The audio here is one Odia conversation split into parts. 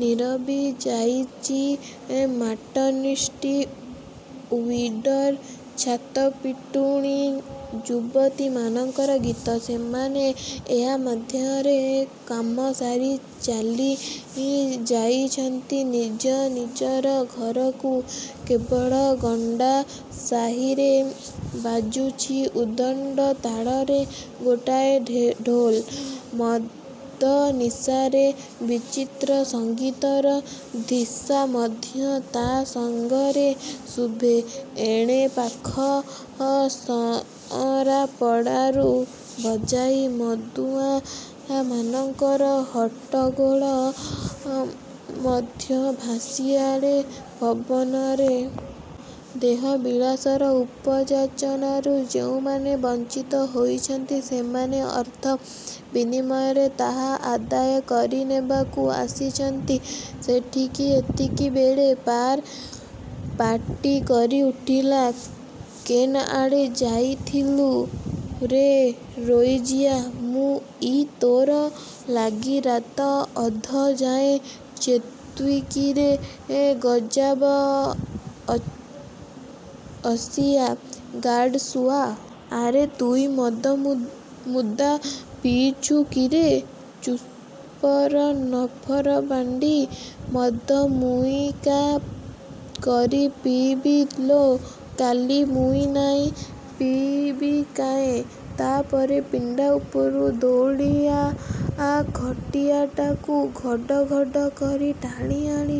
ନୀରବି ଯାଇଚି ମାଟର୍ନିଟି ଓ୍ୟାଡ଼ର ଛାତପିଟୁଣୀ ଯୁବତୀମାନଙ୍କର ଗୀତ। ସେମାନେ ଏହା ମଧ୍ୟରେ କାମସାରି ଚାଲିଯାଇଚନ୍ତି ନିଜନିଜର ଘରକୁ। କେବଳ ଗଣ୍ଡା ସାହିରେ ବାଜୁଚି ଉଦଣ୍ଡ ତାଳରେ ଗୋଟାଏ ଢୋଲ–ମଦ ନିଶାରେ ବିଚିତ୍ର ସଙ୍ଗୀତର ଧିଶା ମଧ୍ୟ ତା ସାଙ୍ଗରେ ଶୁଭେ-। ଏଣେ ପାଖ ସଅରାପଡ଼ାରୁ ବଜାରୀ ମଦୁଆମାନଙ୍କର ହଟ୍ଟଗୋଳ ମଧ୍ୟ ଭାସିଆସେ ପବନରେ-। ଦେହବିଳାସର ଉପଯାଚନାରୁ ଯେଉଁମାନେ ବଞ୍ଚିତ ହେଇଚନ୍ତି, ସେମାନେ ଅର୍ଥ ବିନିମୟରେ ତାହା ଆଦାୟ କରିନେବାକୁ ଆସିଚନ୍ତି ସେଠିକି। ଏତିକିବେଳେ। ପାର ପାଟିକରି ଉଠିଲା, "କେନ୍ଆଡ଼େ ଯାଇଥିଲୁ ରେ ରୋଇଖିଆ" ମୁଁ ଇଁ ତୋର୍ ଲାଗି ରାତ୍ ଅଧ ଯାଏ ଚେତ୍ବି କି ରେ ଗଜାବଅସିଆ... ଗାଡ଼୍ ସୁଆ... ଆରେ ତୁଇ ମଦ୍ ମୁଦା ପିଇଚୁ କିରେ... " ଚୁପ୍କର ନଫର ବାଣ୍ଡି... ମଦ୍ ମୁଇଁ କାଁ କରି ପିଇବି ଲୋ... କାଲି ମୁଇଁ ନାଇଁ ପିଇବି କାଏଁ? " ତା ପରେ ପିଣ୍ଡା ଉପରୁ ଦଉଡ଼ିଆ ଖଟିଆଟାକୁ ଘଡ଼୍ ଘଡ଼୍ କରି ଟାଣିଆଣି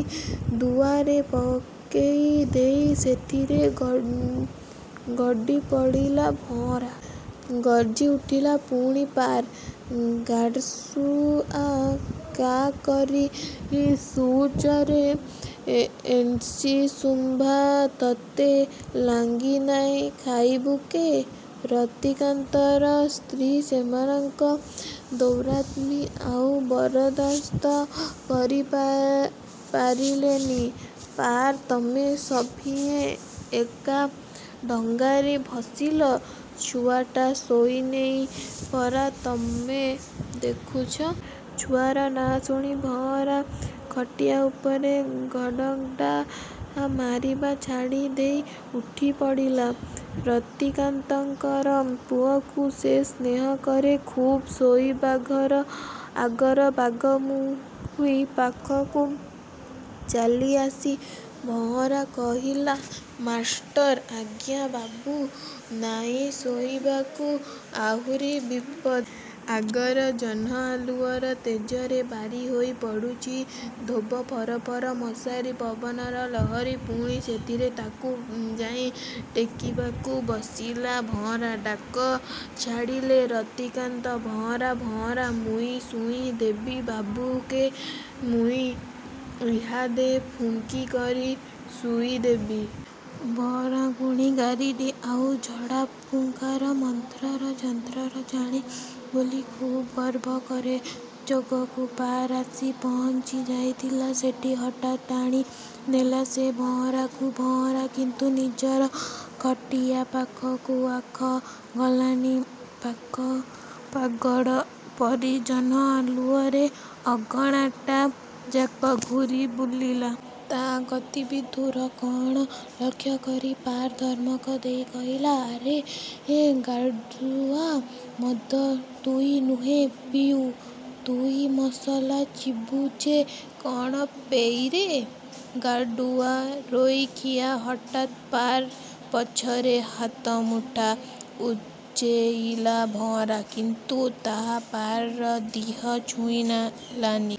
ଦୁଆରେ ପକେଇ ଦେଇ ସେଥିରେ ଗଡ଼ି ପଡ଼ିଲା ଭଁଅରା। ଗର୍ଜି ଉଠିଲା ପୁଣି ପାର। "ଗାଡ୍ସୁଆ, କାଁ କରି ଶୁଉଚ ରେ ଏନ୍ସି ଝୁମ୍ରା ତତେ ଲାଗ୍ସି ନାଇଁ ଖାଇବୁ କେଁ? " ରତିକାନ୍ତଙ୍କର ସ୍ତ୍ରୀ ସେମାନଙ୍କ ଦୌରାତ୍ମ୍ୟ ଆଉ ବରଦାସ୍ତ କରିପାରିଲେ ନି। "ପାର ତମେ ସଭିଏଁ ଏକା ଡଙ୍ଗାରେ ବସିଲ? ଛୁଆଟା ଶୋଇନେଇ ପରା ତମେ ଦେଖୁଚ! " ଛୁଆର ନାଁ ଶୁଣି ଭଁଅରା ଖଟିଆ ଉପରେ ଗଡ଼୍ଗଡ଼ା ମାରିବା ଛାଡ଼ି ଦେଇ ଉଠି ପଡ଼ିଲା-। ରତିକାନ୍ତଙ୍କର ପୁଅକୁ ସେ ସ୍ନେହ କରେ ଖୁବ୍। ଶୋଇବାଘର ଆଗର ବାଘମୁହିଁ ପାଖକୁ ଚାଲି ଆସି ଭଁଅରା କହିଲା– "ମାଷ୍ଟର୍, ଆଜ୍ଞା... 'ବାବୁ ନାଇଁ ଶୋଇବାକୁ? " ଆହୁରି ବିପଦ। ଆଗର ଜହ୍ନଆଲୁଅର ତେଜରେ ବାରି ହେଇ ପଡ଼ୁଚି ଧୋବ ଫରଫର ମଶାରି, ପବନର ଲହରୀ ପୁଣି ସେଥିରେ। ତାକୁ ଯାଇଁ ଟେକିବାକୁ ବସିଲା ଭଅଁରା। ଡାକ ଛାଡ଼ିଲେ ରତିକାନ୍ତ। "ଭଅଁରା... ଭଅଁରା... " 'ମୁଇଁ ଶୁଇ ଦେବି ବାବୁକେ... ମୁଇଁ ଇହାଦେ ଫୁଙ୍କି କରି ଶୁଇ ଦେବି!! ଭଅଁରା ଗୁଣୀଗାରିଡ଼ି ଆଉ ଝଡ଼ାଫୁଙ୍କାର ମନ୍ତର ଯନ୍ତର ଜାଣେ ବୋଲି ଖୁବ୍ ଗର୍ବ କରେ। ଯୋଗକୁ ପାର ଆସି ପହଞ୍ଚିଯାଇଥିଲା ସେଠି। ହଠାତ୍ ଟାଣି ନେଲା ସେ ଭଅଁରାକୁ। ଭଅଁରା କିନ୍ତୁ ନିଜର ଖଟିଆ ପାଖକୁ ଆଉ ଗଲାନି। ପାଗଳ ପରି ଜହ୍ନଆଲୁଅରେ ଅଗଣାଟାଯାକ ଘୂରି ବୁଲିଲା। ତା' ଗତିବିଧିରୁ କଣ ଲକ୍ଷ୍ୟ କରି ପାର ଧମକ ଦେଇ କହିଲା, "ଆରେ ଗାଡ୍ସୁଆ, ମଦ୍ ତୁଇ ନୁହେ ପିଉ... ତୁଇ ମସଲା ଚିବୁଚେ କାଣ ପେଇଁରେ... ଗାଡ୍ସୁଆ, ରୋଇଖିଆ! " ହଠାତ୍ ପାର ପଛରେ ହାତ ମୁଠା ଉଞ୍ଚେଇଲା ଭଅଁରା। କିନ୍ତୁ ତାହା ପାରର ଦିହ ଛୁଇଁଲାନି।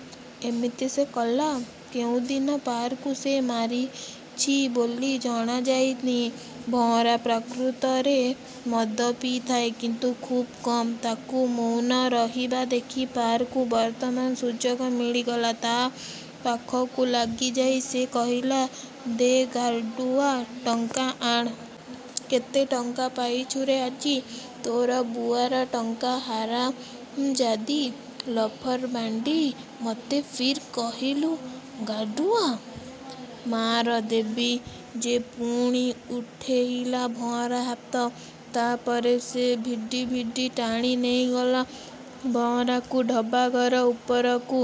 ଏମିତି ସେ କରେ। କୋଉଦିନ ପାରକୁ ସେ ମାରିଚି ବୋଲି ଜଣାଯାଇନି। ଭଅଁରା ପ୍ରକୃତରେ ମଦ ପିଇଥାଏ, କିନ୍ତୁ ଖୁବ୍ କମ୍। ତାକୁ ମୌନ ରହିବା ଦେଖି ପାରକୁ ବର୍ତ୍ତମାନ ସୁଯୋଗ ମିଳିଗଲା। ତା' ପାଖକୁ ଲାଗିଯାଇ ସେ କହିଲା, "ଦେ ଗାଡ୍ସୁଆ, ଟଙ୍କା ଆଣ୍... କେତେ ଟଙ୍କା ପାଇଚୁରେ ଆଜି? " "ତୋର ବୁଆର୍ ଟଙ୍କା, ହାରାମଜାଦି! ନଫରବାଣ୍ଡି, ମତେ ଫିର୍ କହିଲୁ ଗାଡ୍ସୁଆ... ମାଆର୍ ଦେଵି ଯେ" ପୁଣି ଉଠେଇଲା ଭଅଁରା ହାତ। ତା ପରେ ସେ ଭିଡ଼ି ଭିଡ଼ି ଟାଣି ନେଇଗଲା ଭଅଁରାକୁ ଢବା ଘର ଉପରକୁ।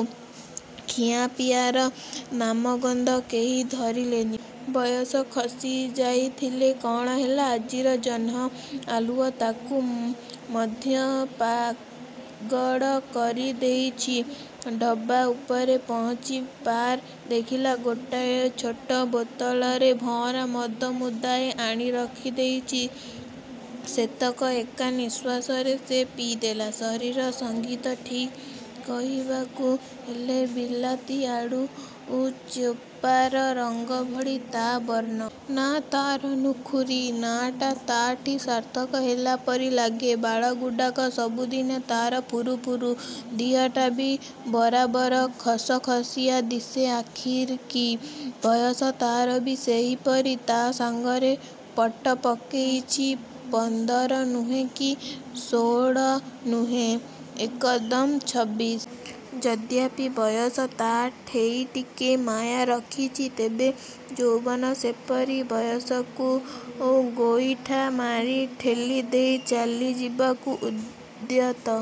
ଖିଆପିଆର ନାମଗନ୍ଧ କେହି ଧରିଲେନି। ବୟସ ଖସି ଯାଇଥିଲେ କଣ ହେଲା, ଆଜିର ଜହ୍ନଆଲୁଅ ତାକୁ ମଧ୍ୟ ପାଗଳ କରିଦେଇଚି। ଢବା ଉପରେ ପହଞ୍ଚି ପାର ଦେଖିଲା, ଗୋଟାଏ ଛୋଟ ବୋତଲରେ ଭଅଁରା ମଦ ମୁନ୍ଦାଏ ଆଣି ରଖି ଦେଇଚି। ସେତକ ଏକା ନିଶ୍ୱାସରେ ସେ ପିଇଦେଲା। ଶରୀର–ସଙ୍ଗୀତ ଠିକ୍ କହିବାକୁ ହେଲେ ବିଲାତିଆଳୁ ଚୋପାର ରଙ୍ଗ ଭଳି ତା' ବର୍ଣ୍ଣ। ନାଁ ତାର ନୁଖୁରୀ-। ନାଁଟା ତା'ଠି ସାର୍ଥକ ହେଲା ପରି ଲାଗେ। ବାଳଗୁଡ଼ାକ ସବୁଦିନେ ତାର ଫୁରୁଫୁରୁ–ଦିହଟା ଵି ବରାବର ଖସଖସିଆ ଦିଶେ ଆଖିକି। ବୟସ ତା'ର ଵି ସେହିପରି ତା ସାଙ୍ଗରେ ପଟ ପକେଇଚି-। ପନ୍ଦର ନୁହେଁ କି ଷୋଳ ନୁହେଁ। ଏକଦମ୍ ଛବିଶ। ଯଦ୍ୟପି ବୟସ ତାଠେଇଁ ଟିକେ ମାୟା ରଖିଚି, ତେବେ ଯୌବନ ଯେପରି ବୟସକୁ ଗୋଇଠା ମାରି ଠେଲି ଦେଇ ଚାଲିଯିବାକୁ ଉଦ୍ୟତ-।